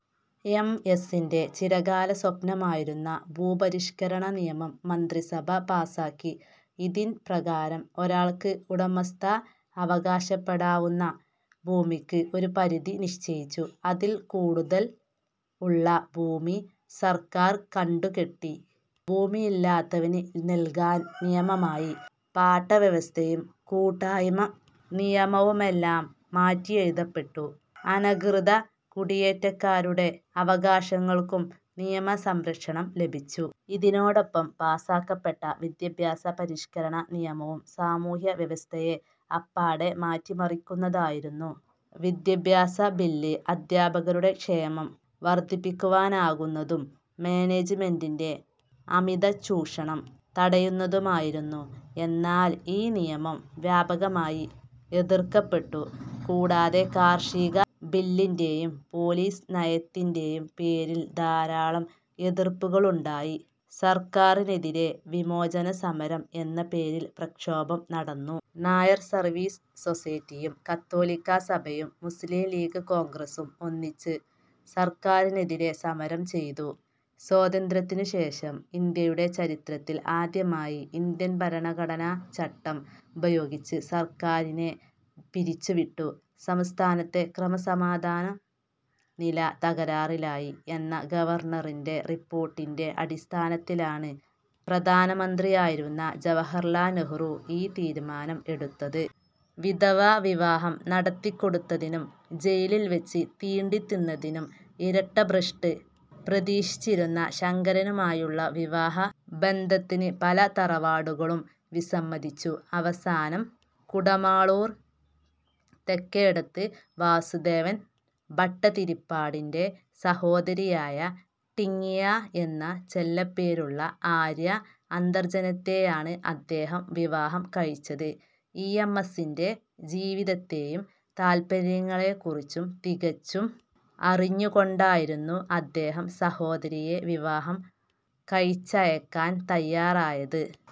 M. എസിന്റെ ചിരകാല സ്വപ്നമായിരുന്ന ഭൂപരിഷ്കരണ നിയമം മന്ത്രിസഭ പാസ്സാക്കി. ഇതിൻ പ്രകാരം ഒരാൾക്ക് ഉടമസ്ഥത അവകാശപ്പെടാവുന്ന ഭൂമിക്ക് ഒരു പരിധി നിശ്ചയിച്ചു. അതിൽ കൂടുതൽ ഉള്ള ഭൂമി സർക്കാർ കണ്ടുകെട്ടി ഭൂമിയില്ലാത്തവന് നല്കാൻ നിയമമായി. പാട്ടവ്യവസ്ഥയും കുടിയായ്മ നിയമവുമെല്ലാം മാറ്റിയെഴുതപ്പെട്ടു. അനധികൃത കുടിയേറ്റക്കാരുടെ അവകാശങ്ങൾക്കും നിയമ സംരക്ഷണം ലഭിച്ചു. ഇതിനോടൊപ്പം പാസ്സാക്കപ്പെട്ട വിദ്യാഭ്യാസ പരിഷ്കരണ നിയമവും സാമൂഹ്യ വ്യവസ്ഥിതിയെ അപ്പാടെ മാറ്റിമറിക്കുന്നതായിരുന്നു. വിദ്യാഭ്യാസ ബില്ല് അദ്ധ്യാപകരുടെ ക്ഷേമം വർദ്ധിപ്പിക്കുവാനുതകുന്നതും മാനേജ്മെന്റിന്റെ അമിത ചൂഷണം തടയുന്നതുമായിരുന്നു. എന്നാൽ ഈ നിയമം വ്യാപകമായി എതിർക്കപ്പെട്ടു. കൂടാതെ കാർഷിക ബില്ലിന്റെയും പോലീസ് നയത്തിന്റെയും പേരിൽ ധാരാളം എതിർപ്പുകളുണ്ടായി. സർക്കാരിനെതിരായി വിമോചനസമരം എന്നപേരിൽ പ്രക്ഷോഭം നടന്നു. നായർ സർവീസ് സൊസൈറ്റിയും കത്തോലിക്ക സഭയും മുസ്ലിം ലീഗും കോൺഗ്രസ്സും ഒന്നിച്ചു സർക്കാരിനെതിരെ സമരം ചെയ്തു. സ്വാതന്ത്ര്യത്തിനുശേഷം ഇന്ത്യയുടെ ചരിത്രത്തിൽആദ്യമായി ഇന്ത്യൻ ഭരണഘടന ചട്ടം ഉപയോഗിച്ച് സർക്കാരിനെ പിരിച്ചു വിട്ടു. സംസ്ഥാനത്തെ ക്രമസമാധാന നില തകരാറിലായി എന്ന ഗവർണറിന്റെ റിപ്പോർട്ടിന്റെ അടിസ്ഥാനത്തിലാണ് പ്രധാനമന്ത്രിയായിരുന്ന ജവഹർലാൽ നെഹ്രു ഈ തീരുമാനം എടുത്തത്. വിധവാ വിവാഹം നടത്തിക്കൊടുത്തതിനും ജയിലിൽ വച്ച് തീണ്ടിത്തിന്നതിനും ഇരട്ട ഭ്രഷ്ട് പ്രതീക്ഷിച്ചിരുന്ന ശങ്കരനുമായുള്ള വിവാഹ ബന്ധത്തിന് പല തറവാടുകളും വിസമ്മതിച്ചു. അവസാനം കുടമാളൂർ തെക്കേടത്ത് വാസുദേവൻ ഭട്ടതിരിപ്പാടിന്റെ സഹോദരിയായ 'ടിങ്ങിയ' എന്ന് ചെല്ലപ്പേരുള്ള ആര്യ അന്തർജനത്തെയാണ് അദ്ദേഹം വിവാഹം കഴിച്ചത്. ഇ. എം. എസിന്റെ ജീവിതത്തെയും താല്പര്യങ്ങളെയുംകുറിച്ച് തികച്ചും അറിഞ്ഞുകൊണ്ടായിരുന്നു അദ്ദേഹം സഹോദരിയെ വിവാഹം കഴിച്ചയയ്ക്കാൻ തയ്യാറായത്.